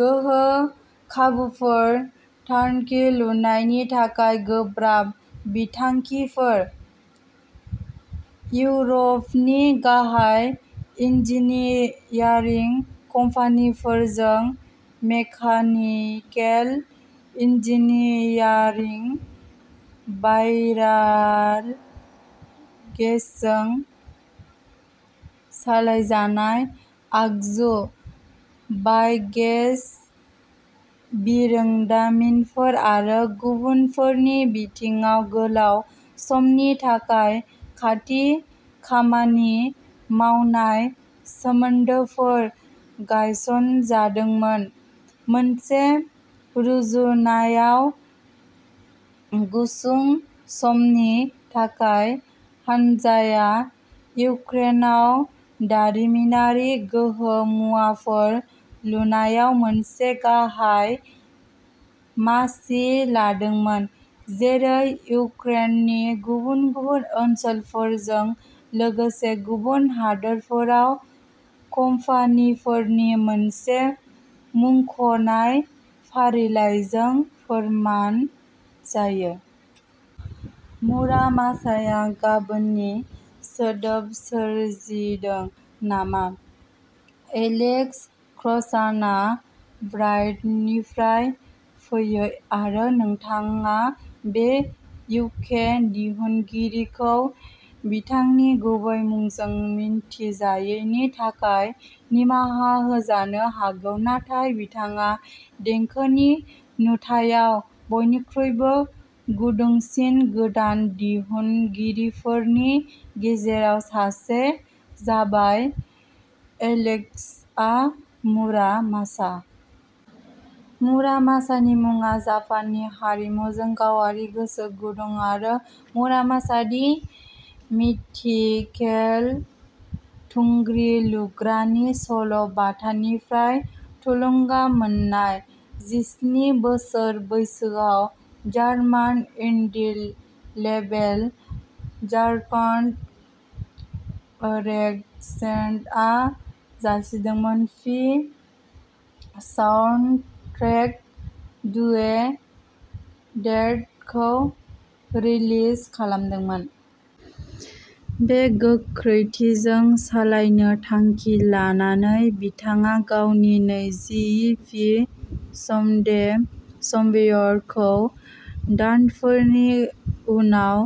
गोहो खाबुफोर टार्नकी लुनायनि थाखाय गोब्राब बिथांखिफोर। इउरपनि गाहाय इन्जिनियारिं कम्पानिफोरजों मेकानिकेल इन्जिनियारिं बायराल गेसजों सालायजानाय आगजु बाय'गेस बिरोंदामिनफोर आरो गुबुनफोरनि बिथिङाव गोलाव समनि थाखाय खाथि खामानि मावनाय सोमोन्दोफोर गायसनजादोंमोन। मोनसे रुजुनायाव गुसुं समनि थाखाय हानजाया इउक्रेनाव दारिमिनारि गोहो मुवाफोर लुनायाव मोनसे गाहाय मासि लादोंमोन जेरै इउक्रेननि गुबुन गुबुन ओनसोलफोरजों लोगोसे गुबुन हादोरफोराव कम्पानिफोरनि मोनसे मुंख'नाय फारिलाइजों फोरमान जायो। मुरा मासाया गाबोननि सोदोब सोरजिदों नामा एलेक्स क्र'सानआ ब्राइटननिफ्राय फैयो आरो नोंथाङा बे इउके दिहुनगिरिखौ बिथांनि गुबै मुंजों मिन्थिजायैनि थाखाय निमाहा होजानो हागौ नाथाय बिथाङा देंखोनि नुथायाव बयनिख्रुइ गुदुंसिन गोदान दिहुनगिरिफोरनि गेजेराव सासे जाबाय एलेक्सआ मुरा मासा। मुरा मासानि मुङा जापाननि हारिमुजों गावारि गोसो गुदुं आरो मुरामासा दि मिथिकेल थुंग्रि लुग्रानि सल' बाथानिफ्राय थुलुंगा मोननाय। जिस्नि बोसोर बैसोआव जार्मान इन्डील लेबेल जारकानत रेकसेनदा जासिदोंमोन। पि साउन्डट्रेक टू ए डेथ'खौ रिलिज खालामदोंमोन। बे गोख्रैथिजों सालायनो थांखि लानानै बिथाङा गावनि नैथि इ पि समडे समवेयर'खौ दानफोरनि उनाव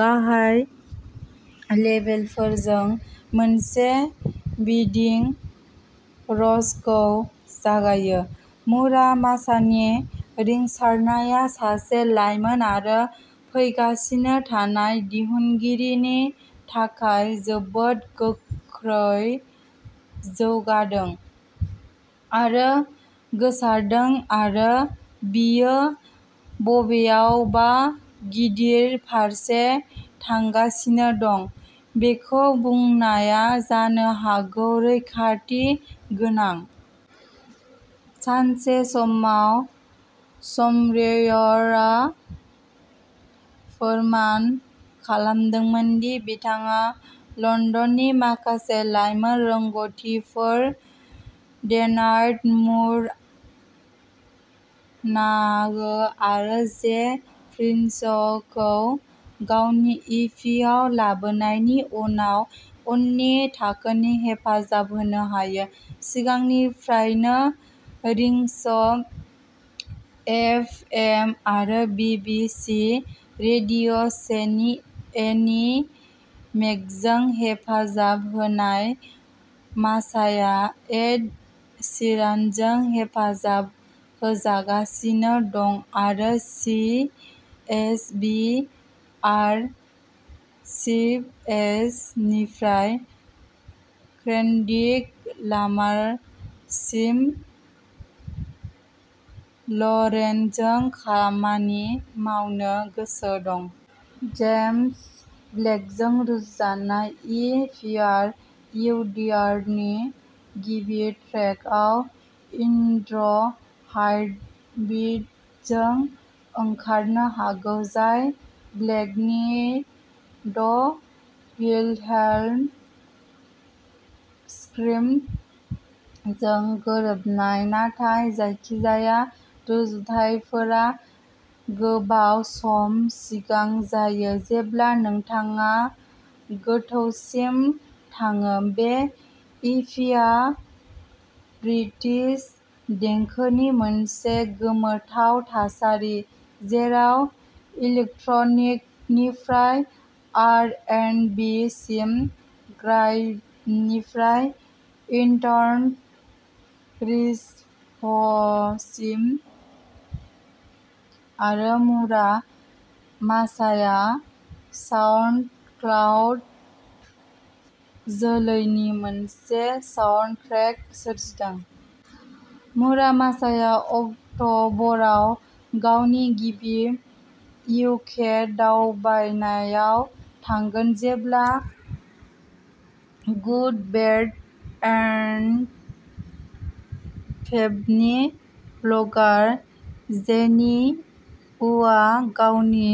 गाहाय लेबेलफोरजों मोनसे बिदिं रशखौ जागायो। मुरा मासानि रिंसारनाया सासे लाइमोन आरो फैगासिनो थानाय दिहुनगिरिनि थाखाय जोबोद गोख्रै जौगादों आरो गोसारदों आरो बियो बबेयावबा गिदिर फारसे थांगासिनो दं बेखौ बुंनाया जानो हागौ रैखाथि गोनां। सानसे समाव समवेयरआ फोरमान खालामदोंमोन दि बिथाङा लन्दननि माखासे लाइमोन रोंग'थिफोर डेनाई मुर नाओ आरो जे प्रिन्सखौ गावनि इ पि आव लाबोनायनि उनाव उननि थाखोनि हेफाजाब होनो हायो। सिगांनिफ्रायनो रिंस एफ एम आरो बि बि सि रेडिअ' से नि एनी मेकजों हेफाजाब होनाय मासाया एड शीरानजों हेफाजाब होजागासिनो दं आरो C H V R C S निफ्राय केन्ड्रिक लामारसिम लरेनजों खामानि मावनो गोसो दं। जेम्स ब्लेकजों रुजुनाया इ पिआर इउ देयार'नि गिबि ट्रेकआव इन्ट्र'हार्टबिटजों ओंखारनो हागौ जाय ब्लेकनि'द विल्हेल्म स्क्रिम'जों गोरोबनाय नाथाय जायखिजाया रुजुथायफोरा गोबाव सम सिगां जायो जेब्ला नोंथाङा गोथौसिम थाङो। बे इ पि आ ब्रिटिश देंखोनि मोनसे गोमोथाव थासारि जेराव इलेक्ट्रनिकनिफ्राय आर एन्ड बि सिम ग्राइमनिफ्राय इन्टार्न रिफ्ससिम आरो मुरा मासाया साउन्डक्लाउड जोलैनि मोनसे साउन्डट्रेक सोरजिदों। मुरा मासाया अक्टबराव गावनि गिबि इउ के दावबायनायाव थांगोन। जेब्ला गुड बेड एन्ड फेबनि ब्लगार जेनी उआ गावनि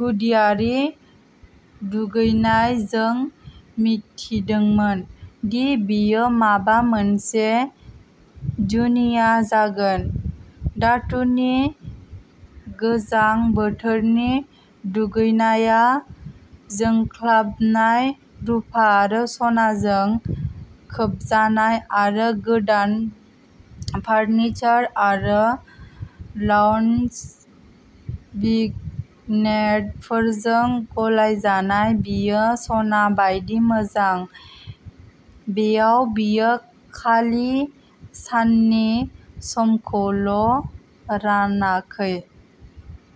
गुदियारि दुगैनाय जों मिथिदोंमोन दि बेयो माबा मोनसे जुनिया जागोन! धातुनि गोजां बोथोरनि दुगैनाया जोंख्लाबनाय रुफा आरो सनाजों खोबजानाय आरो गोदान फार्निचार आरो लाउन्ज भिग्नेटफोरजों गलायजानाय। बेयो सना बायदि मोजां बेयाव बियो खालि साननि-समखौल'रानाखै।